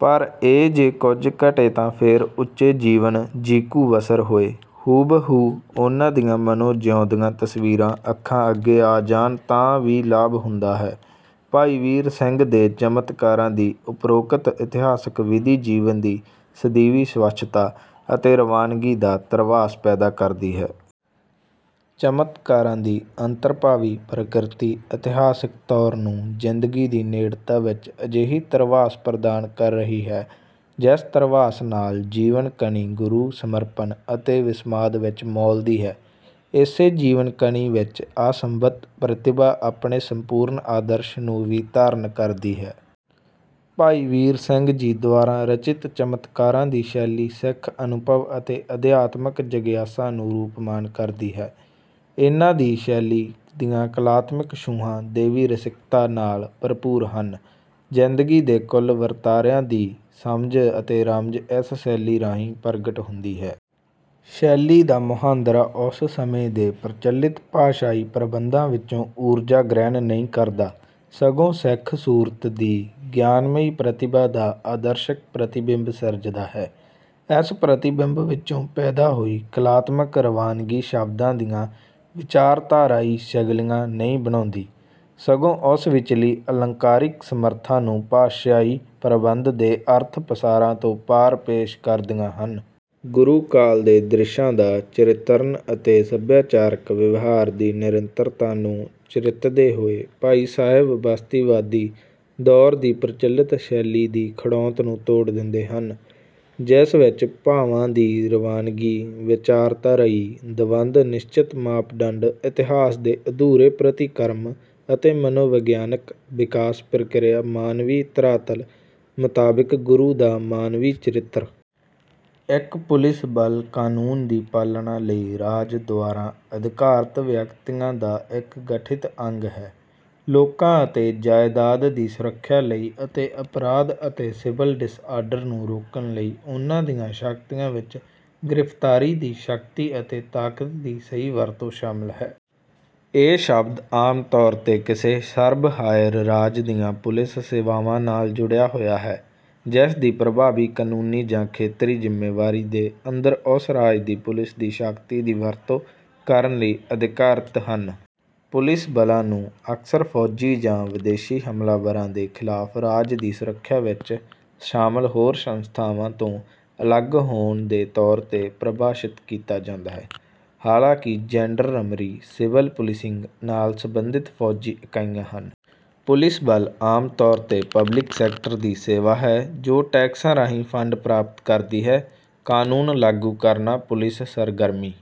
ਪਰ ਇਹ ਜੇ ਕੁੱਝ ਘਟੇ ਤਾਂ ਫੇਰ ਉੱਚੇ ਜੀਵਨ ਜੀਕੂ ਵਸਰ ਹੋਏ ਹੂ ਬ ਹੂ ਉਨ੍ਹਾਂ ਦੀਆਂ ਮਾਨੋ ਜਿਉਂਦੀਆਂ ਤਸਵੀਰਾਂ ਅੱਖਾਂ ਅੱਗੇ ਆ ਜਾਣ ਤਾਂ ਵੀ ਲਾਭ ਹੁੰਦਾ ਹੈ। ਭਾਈ ਵੀਰ ਸਿੰਘ ਦੇ ਚਮਤਕਾਰਾਂ ਦੀ ਉਪਰੋਕਤ ਇਤਿਹਾਸਕ ਵਿਧੀ ਜੀਵਨ ਦੀ ਸਦੀਵੀ ਸਵੱਛਤਾ ਅਤੇ ਰਵਾਨਗੀ ਦਾ ਧਰਵਾਸ ਪੈਦਾ ਕਰਦੀ ਹੈ। ਚਮਤਕਾਰਾਂ ਦੀ ਅੰਤਰਭਾਵੀ ਪ੍ਰਕਿਰਤੀ ਇਤਿਹਾਸਕ ਤੌਰ ਨੂੰ ਜ਼ਿੰਦਗੀ ਦੀ ਨੇੜਤਾ ਵਿੱਚ ਅਜਿਹੀ ਧਰਵਾਸ ਪ੍ਰਦਾਨ ਕਰ ਰਹੀ ਹੈ ਜਿਸ ਧਰਵਾਸ ਨਾਲ ਜੀਵਨ ਕਣੀ ਗੁਰੂ ਸਮਰਪਣ ਅਤੇ ਵਿਸਮਾਦ ਵਿੱਚ ਮੌਲਦੀ ਹੈ। ਇਸੇ ਜੀਵਨ ਕਣੀ ਵਿੱਚ ਆਸਵੰਤ ਪ੍ਰਤਿਭਾ ਆਪਣੇ ਸੰਪੂਰਨ ਆਦਰਸ਼ ਨੂੰ ਵੀ ਧਾਰਨ ਕਰਦੀ ਹੈ। ਭਾਈ ਵੀਰ ਸਿੰਘ ਜੀ ਦੁਆਰਾ ਰਚਿਤ ਚਮਤਕਾਰਾਂ ਦੀ ਸ਼ੈਲੀ ਸਿੱਖ ਅਨੁਭਵ ਅਤੇ ਅਧਿਆਤਮਕ ਜਗਿਆਸਾ ਨੂੰ ਰੂਪਮਾਨ ਕਰਦੀ ਹੈ। ਇਹਨਾਂ ਦੀ ਸ਼ੈਲੀ ਦੀਆਂ ਕਲਾਤਮਿਕ ਛੂਹਾਂ ਦੈਵੀ ਰਸਿਕਤਾ ਨਾਲ ਭਰਪੂਰ ਹਨ। ਜਿੰਦਗੀ ਦੇ ਕੁਲ ਵਰਤਾਰਿਆਂ ਦੀ ਸਮਝ ਅਤੇ ਰਮਝ ਇਸ ਸ਼ੈਲੀ ਰਾਹੀਂ ਪ੍ਰਗਟ ਹੁੰਦੀ ਹੈ। ਸ਼ੈਲੀ ਦਾ ਮੁਹਾਂਦਰਾ ਉਸ ਸਮੇਂ ਦੇ ਪ੍ਰਚਲਿਤ ਭਾਸ਼ਾਈ ਪ੍ਰਬੰਧਾਂ ਵਿੱਚੋਂ ਊਰਜਾ ਗ੍ਰਹਿਣ ਨਹੀਂ ਕਰਦਾ ਸਗੋਂ ਸਿੱਖ ਸੁਰਤਿ ਦੀ ਗਿਆਨਮਈ ਪ੍ਰਤਿਬਾ ਦਾ ਅਦਰਸ਼ਕ ਪ੍ਰਤੀਬਿੰਬ ਸਿਰਜਦਾ ਹੈ। ਇਸ ਪ੍ਰਤੀਬਿੰਬ ਵਿੱਚੋਂ ਪੈਦਾ ਹੋਈ ਕਲਾਤਮਕ ਰਵਾਨਗੀ ਸ਼ਬਦਾਂ ਦੀਆਂ ਵਿਚਾਰਧਾਰਾਈ ਸਗਲੀਆਂ ਨਹੀਂ ਬਣਾਉਂਦੀ ਸਗੋਂ ਉਸ ਵਿੱਚਲੀ ਅਲੰਕਾਰਿਕ ਸਮਰਥਾ ਨੂੰ ਭਾਸ਼ਾਈ ਪ੍ਰਬੰਧ ਦੇ ਅਰਥ ਪਸਾਰਾ ਤੋਂ ਪਾਰ ਪੇਸ਼ ਕਰਦੀਆਂ ਹਨ। ਗੁਰੂ ਕਾਲ ਦੇ ਦ੍ਰਿਸ਼ਾਂ ਦਾ ਚਰਿਤਰਣ ਅਤੇ ਸਭਿਆਚਾਰਕ ਵਿਵਹਾਰ ਦੀ ਨਿਰੰਤਰਤਾ ਨੂੰ ਚਰਿਤਦੇ ਹੋਏ ਭਾਈ ਸਾਹਿਬ ਬਸਤੀਵਾਦੀ ਦੌਰ ਦੀ ਪ੍ਰਚਲਿਤ ਸ਼ੈਲੀ ਦੀ ਖੜੋਤ ਨੂੰ ਤੋੜ ਦਿੰਦੇ ਹਨ। ਜਿਸ ਵਿੱਚ ਭਾਵਾਂ ਦੀ ਰਵਾਂਨਗੀ ਵਿਚਾਰਧਰਾਈ ਦਵੰਧ ਨਿਸ਼ਚਿਤ ਮਾਪਦੰਡ ਇਤਿਹਾਸ ਦੇ ਅਧੂਰੇ ਪ੍ਰਤੀਕਰਮ ਅਤੇ ਮਨੋਵਿਗਿਆਨਕ ਵਿਕਾਸ ਪ੍ਰਕਿਰਿਆ ਮਾਨਵੀ ਧਰਾਤਲ ਮੁਤਾਬਿਕ ਗੁਰੂ ਦਾ ਮਾਨਵੀ ਚਰਿਤਰ। ਇੱਕ ਪੁਲਿਸ ਬਲ ਕਾਨੂੰਨ ਦੀ ਪਾਲਣਾ ਲਈ ਰਾਜ ਦੁਆਰਾ ਅਧਿਕਾਰਤ ਵਿਅਕਤੀਆਂ ਦਾ ਇੱਕ ਗਠਿਤ ਅੰਗ ਹੈ ਲੋਕਾਂ ਅਤੇ ਜਾਇਦਾਦ ਦੀ ਸੁਰੱਖਿਆ ਲਈ ਅਤੇ ਅਪਰਾਧ ਅਤੇ ਸਿਵਲ ਡਿਸਆਰਡਰ ਨੂੰ ਰੋਕਣ ਲਈ ਉਨ੍ਹਾਂ ਦੀਆਂ ਸ਼ਕਤੀਆਂ ਵਿੱਚ ਗ੍ਰਿਫਤਾਰੀ ਦੀ ਸ਼ਕਤੀ ਅਤੇ ਤਾਕਤ ਦੀ ਸਹੀ ਵਰਤੋਂ ਸ਼ਾਮਲ ਹੈ। ਇਹ ਸ਼ਬਦ ਆਮ ਤੌਰ ਤੇ ਕਿਸੇ ਸਰਬ ਹਾਇਰ ਰਾਜ ਦੀਆਂ ਪੁਲਿਸ ਸੇਵਾਵਾਂ ਨਾਲ ਜੁੜਿਆ ਹੋਇਆ ਹੈ ਜਿਸਦੀ ਪ੍ਰਭਾਵੀ ਕਾਨੂੰਨੀ ਜਾਂ ਖੇਤਰੀ ਜ਼ਿਮੇਵਾਰੀ ਦੇ ਅੰਦਰ ਉਸ ਰਾਜ ਦੀ ਪੁਲਿਸ ਦੀ ਸ਼ਕਤੀ ਦੀ ਵਰਤੋਂ ਕਰਨ ਲਈ ਅਧਿਕਾਰਿਤ ਹਨ। ਪੁਲਿਸ ਬਲਾਂ ਨੂੰ ਅਕਸਰ ਫੌਜੀ ਜਾਂ ਵਿਦੇਸ਼ੀ ਹਮਲਾਵਰਾਂ ਦੇ ਖਿਲਾਫ ਰਾਜ ਦੀ ਸੁਰੱਖਿਆ ਵਿੱਚ ਸ਼ਾਮਲ ਹੋਰ ਸੰਸਥਾਵਾਂ ਤੋਂ ਅਲਗ ਹੋਣ ਦੇ ਤੌਰ ਤੇ ਪਰਿਭਾਸ਼ਿਤ ਕੀਤਾ ਜਾਂਦਾ ਹੈ। ਹਾਲਾਂਕਿ ਜੈਂਡਰਰਮਰੀ ਸਿਵਲ ਪੁਲਿਸਿੰਗ ਨਾਲ ਸੰਬੰਧਿਤ ਫੌਜੀ ਇਕਾਈਆਂ ਹਨ। ਪੁਲਿਸ ਬਲ ਆਮ ਤੌਰ ਤੇ ਪਬਲਿਕ ਸੈਕਟਰ ਦੀ ਸੇਵਾ ਹੈ ਜੋ ਟੈਕਸਾਂ ਰਾਹੀਂ ਫੰਡ ਪ੍ਰਾਪਤ ਕਰਦੀ ਹੈ। ਕਾਨੂੰਨ ਲਾਗੂ ਕਰਨਾ ਪੁਲਿਸ ਸਰਗਰਮੀ